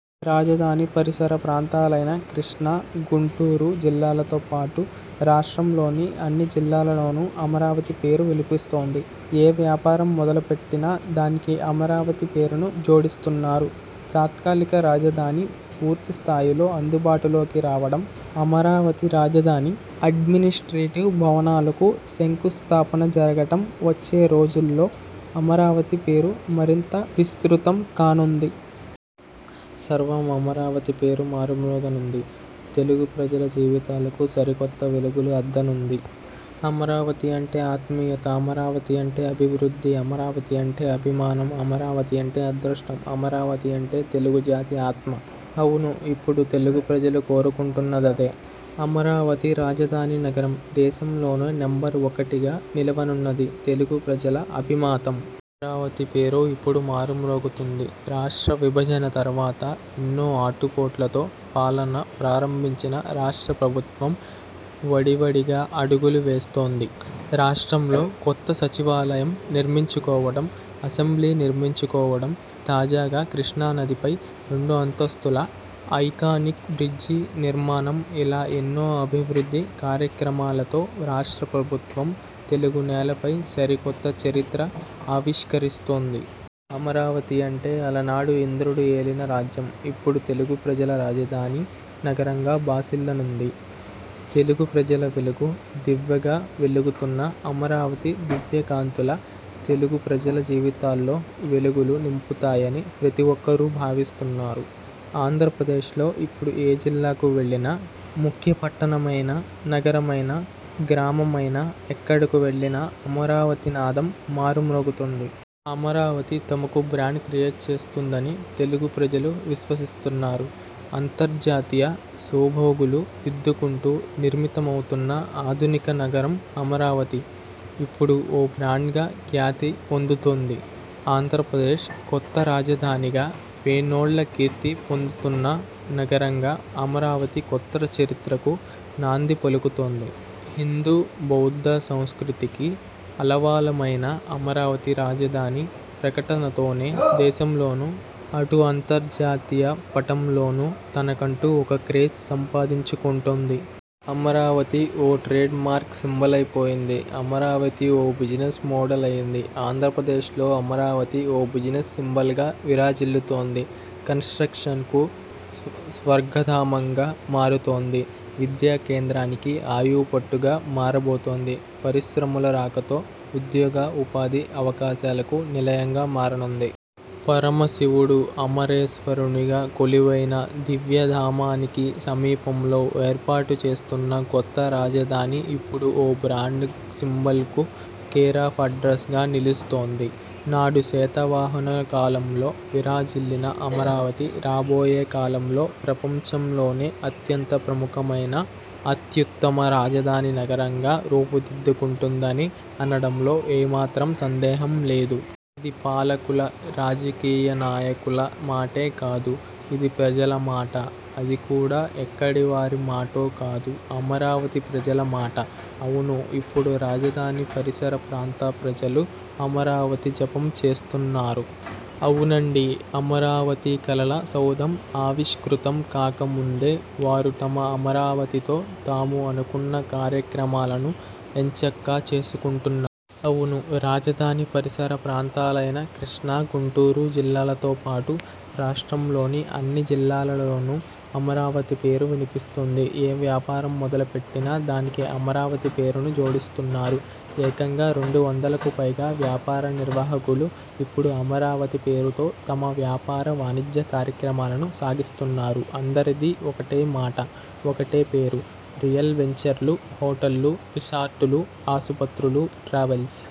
రాజధాని పరిసర ప్రాంతాలైన కృష్ణా, గుంటూరు జిల్లాలతో పాటు, రాష్ట్రంలోని అన్ని జిల్లాల్లోనూ అమరావతి పేరు వినిపిస్తోంది. ఏ వ్యాపారం మొదలుపెట్టినా దానికి అమరావతి పేరును జోడిస్తున్నారు. తాత్కాలిక రాజధాని పూర్తి స్థాయిలో అందుబాటులోకి రావడం, అమరావతి రాజధాని అడ్మినిస్ట్రేటివ్ భవనాలకు శంకుస్థాపన జరగడం వచ్చే రోజుల్లో అమరావతి పేరు మరింత విస్తృతం కానుంది. సర్వం అమరావతి పేరు మార్మోగనుంది. తెలుగు ప్రజల జీవితాలకు సరికొత్త వెలుగులు అద్దనుంది. అమరావతి అంటే ఆత్మీయత, అమరావతి అంటే అభివృద్ధి, అమరావతి అంటే అభిమానం, అమరావతి అంటే అదృష్టం, అమరావతి అంటే తెలుగు జాతి ఆత్మ. అవును ఇప్పుడు తెలుగు ప్రజలు కోరుకుంటున్నదదే. అమరావతి రాజధాని నగరం దేశంలోనే నెంబర్ ఒకటిగా నిలువ నన్నది తెలుగు ప్రజల అభిమాతం. అమరావతి పేరు ఇప్పుడు మార్మోగుతోంది. రాష్ట్ర విభజన తర్వాత ఎన్నో ఆటుపోట్లతో పాలన ప్రారంభించిన రాష్ట్ర ప్రభుత్వం వడివడిగా అడగులు వేస్తోంది. రాష్ట్రంలో కొత్తగా సచివాలయం నిర్మించుకోవడం, అసెంబ్లీ నిర్మించుకోవడం తాజాగా కృష్ణానదిపై రెండస్తుల ఐకానిక్ బ్రిడ్జి నిర్మాణం ఇలా ఎన్నో అభివృద్ధి కార్యక్రమాలతో రాష్ట్ర ప్రభుత్వం తెలుగునేలపై సరికొత్త చరిత్ర ఆవిష్కరిస్తోంది. అమరావతి అంటే అలనాడు ఇంద్రుడు ఏలిన రాజ్యం. ఇప్పుడు తెలుగు ప్రజల రాజధానీ నగరంగా భాసిల్లనుంది. తెలుగు ప్రజల వెలుగు దివ్వెగా వెలుగుతున్న అమరావతి దివ్యకాంతుల తెలుగు ప్రజల జీవితాల్లో వెలుగులు నింపుతాయని ప్రతిఒక్కరూ భావిస్తున్నారు. ఆంధ్రప్రదేశ్లో ఇప్పుడు ఏ జిల్లాకు వెళ్లినా, ముఖ్యపట్టణమైనా, నగరమైనా, గ్రామమైనాఎక్కడకు వెళ్లినా అమరావతి నాదం మార్మోగుతోంది. అమరావతి తమకు బ్రాండ్ క్రియేట్ చేస్తోందని తెలుగు ప్రజలు విశ్వసిస్తున్నారు. అంతర్జాతీయ సొబగులు దిద్దుకుంటూ నిర్మితమవుతున్న ఆధునిక నగరం అమరావతి ఇప్పుడు ఓ బ్రాండ్గా ఖ్యాతి పొందుతోంది. ఆంధ్రప్రదేశ్ కొత్త రాజధానిగా వేనోళ్ల కీర్తి పొందుతున్న నగరంగా అమరావతి కొత్త చరిత్రకు నాంది పలుకుతోంది. హిందూ, బౌద్ధ సంస్కృతికి ఆలవాలమైన అమరావతి రాజధాని ప్రకటనతోనే దేశంలోనూ, అటు అంతర్జాతీయ పటంలోనూ తనకంటూ ఒక క్రేజ్ సంపాదించుకుంటోంది. అమరావతి ఓ ట్రేడ్ మార్క్ సింబలై పోయింది. అమరావతి ఒక బిజినెస్ మోడల్ అయింది. ఆంధ్రప్రదేశ్లో అమరావతి ఓ బిజినెస్ సింబల్గా విరాజిల్లుతోంది. కన్స్ ట్రాక్షన్ కు స్వర్గధామంగా మారుతోంది. విద్యా కేంద్రానికి ఆయువుపట్టుగా మారబోతోంది. పరిశ్రమల రాకతో ఉద్యోగ, ఉపాధి అవకాశాలకు నిలయంగా మారనుంది. పరమశివుడు అమరేశ్వరునిగా కొలువైన దివ్యధామానికి సమీపంలో ఏర్పాటు చేస్తున్న కొత్త రాజధాని ఇప్పుడు ఓ బ్రాండ్ సింబల్కు కేరాఫ్ అడ్రస్ గా నిలుస్తోంది. నాడు శాతవాహనుల కాలంలో విరాజిల్లిన అమరావతి రాబోయే కాలంలో ప్రపంచంలోనే అత్యంత ప్రాముఖ్యమైన, అత్యుత్తమ రాజధాని నగరంగా రూపుదిద్దుకుంటుందని అనడంలో ఏమాత్రం సందేహం లేదు. ఇది పాలకుల, రాజకీయ నాయకుల మాటే కాదు, ఇది ప్రజల మాట. అది కూడా ఎక్కడి వారి మాటో కాదు, అమరావతి ప్రజల మాట. అవును ఇప్పుడు రాజధాని పరిసర ప్రాంత ప్రజలు అమరావతి జపం చేస్తున్నారు. అవునండీ అమరావతి కలల సౌధం ఆవిష్కృతం కాక ముందే వారు తమ అమరావతితో తాము అనుకున్న కార్యక్రమాలను ఎంచక్కా చేసుకుంటున్నారు. అవును రాజధాని పరిసర ప్రాంతాలైన కృష్ణా, గుంటూరు జిల్లాలతో పాటు, రాష్ట్రంలోని అన్ని జిల్లాల్లోనూ అమరావతి పేరు వినిపిస్తోంది. ఏ వ్యాపారం మొదలుపెట్టినా దానికి అమరావతి పేరును జోడిస్తున్నారు. ఏకంగా రెండు వందలకు పైగా వ్యాపార నిర్వాహకులు ఇప్పుడు అమరావతి పేరుతో తమ వ్యాపార వాణిజ్య కార్యక్రమాలను సాగిస్తున్నారు అందరిదీ ఒకటే మాట, ఒకటే పేరు. రియల్ వెంచర్లు, హోటళ్లు, రిసార్టులు, ఆసుపత్రులు, ట్రావెల్స్,